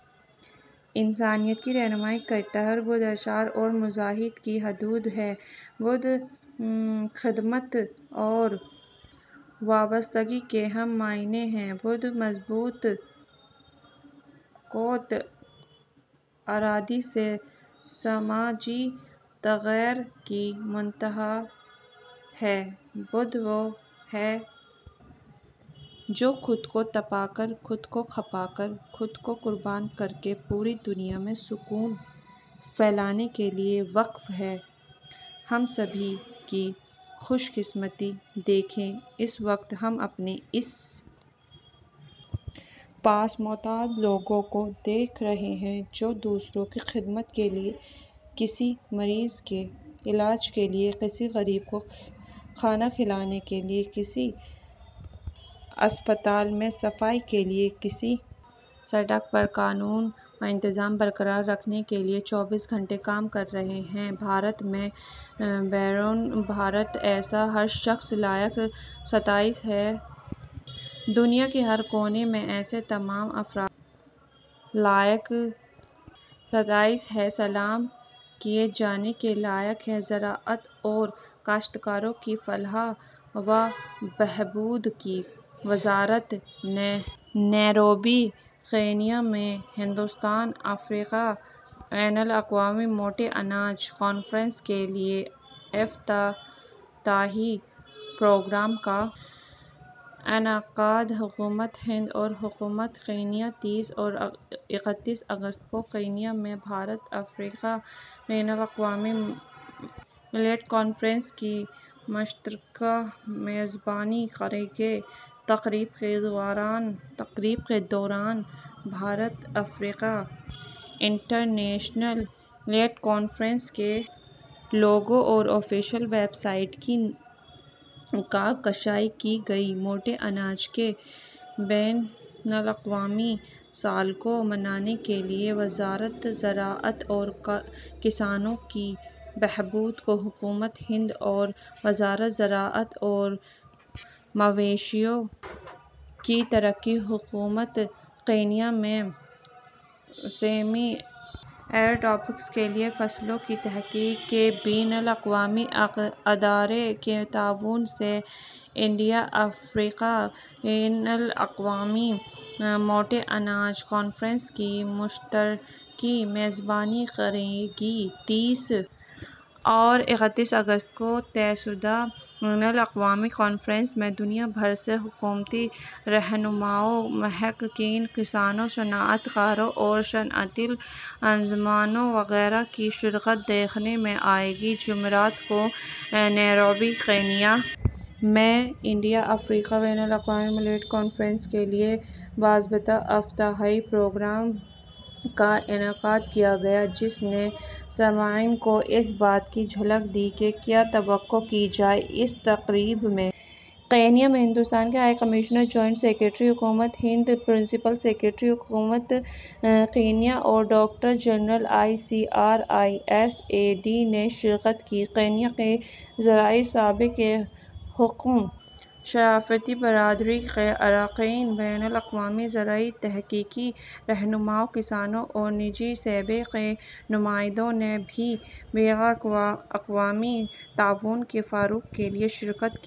انسانیت کی رہنمائی کرتا ہے بدھ ایثار اور مجاہدے کی حدود ہیں بدھ خدمت اور وابستگی کے ہم معنی ہیں بدھ مضبوط قوت ارادی سے سماجی تغیر کی منتہا ہیں بدھ وہ ہیں جو خود کو تپا کر خود کھپا کر خود کو قربان کر کے پوری دنیا میں سکون پھیلانے کے لیے وقف ہیں ہم سبھی کی خوش قسمتی دیکھیے اس وقت ہم اپنے آس پاس متعدد لوگوں کو دیکھ رہے ہیں جو دوسروں کی خدمت کے لیے کسی مریض کے علاج کے لیے کسی غریب کو کھانا کھلانے کے لیے کسی اسپتال میں صفائی کے لیے کسی سڑک پر قانون و انتظام برقرار رکھنے کے لیے چوبیسوں گھنٹے کام کر رہے ہیں بھارت میں بیرون بھارت ایسا ہر شخص لائق ستائش ہے دنیا کے ہر کونے میں ایسے تمام افراد لائق ستائش ہیں سلام کیے جانے کے لائق ہیں زراعت اور کاشتکاروں کی فلاح و بہبود کی وزارت نیروبی کینیا میں ہندوستان افریقہ بین الاقوامی موٹے اناج کانفرنس کے لیے افتتاحی پروگرام کا انعقاد حکومت ہند اور حکومت کینیا تیس اور اکتیس اگست کو کینیا میں بھارت افریقہ بین الاقوامی ملیٹ کانفرنس کی مشترکہ میزبانی کریں گے تقریب کے دوران بھارت افریقہ انٹرنیشنل ملیٹ کانفرنس کے لوگو اور آفیشل ویب سائٹ کی نقاب کشائی کی گئی موٹے اناج کے بین الاقوامی سال کو منانے کے لیے وزارت زراعت اور کسانوں کی بہبود حکومت ہند اور وزارت زراعت اور مویشیوں کی ترقی حکومت کینیا میں سیمی ایرڈ ٹراپکس کے لیے فصلوں کی تحقیق کے بین الاقوامی ادارے کے تعاون سے انڈیا افریقہ بین الاقوامی موٹے اناج کانفرنس کی مشترکہ میزبانی کریں گی تیس اور اکتیس اگست کو طے شدہ بین الاقوامی کانفرنس میں دنیا بھر سے حکومتی رہنماؤں محققین کسانوں صنعت کاروں اور صنعتی انجمنوں وغیرہ کی شرکت دیکھنے میں آئے گی جمعرات کو نیروبی کینیا میں انڈیا افریقہ بین الاقوامی ملیٹ کانفرنس کے لیے باضابطہ افتتاحی پروگرام کا انعقاد کیا گیا جس نے سامعین کو اس بات کی جھلک دی کہ کیا توقع کی جائے اس تقریب میں کینیا میں ہندوستان کے ہائی کمشنر جوائنٹ سکریٹری حکومت ہند پرنسپل سکریٹری حکومت کینیا اور director general I C R I S A T نے شرکت کی کینیا کے زرعی شعبے کے حکام سفارتی برادری کے اراکین بین الاقوامی زرعی تحقیقی رہنماؤں کسانوں اور نجی شعبے کے نمائندوں نے بھی بین الاقوامی تعاون کے فروغ کے لیے شرکت کی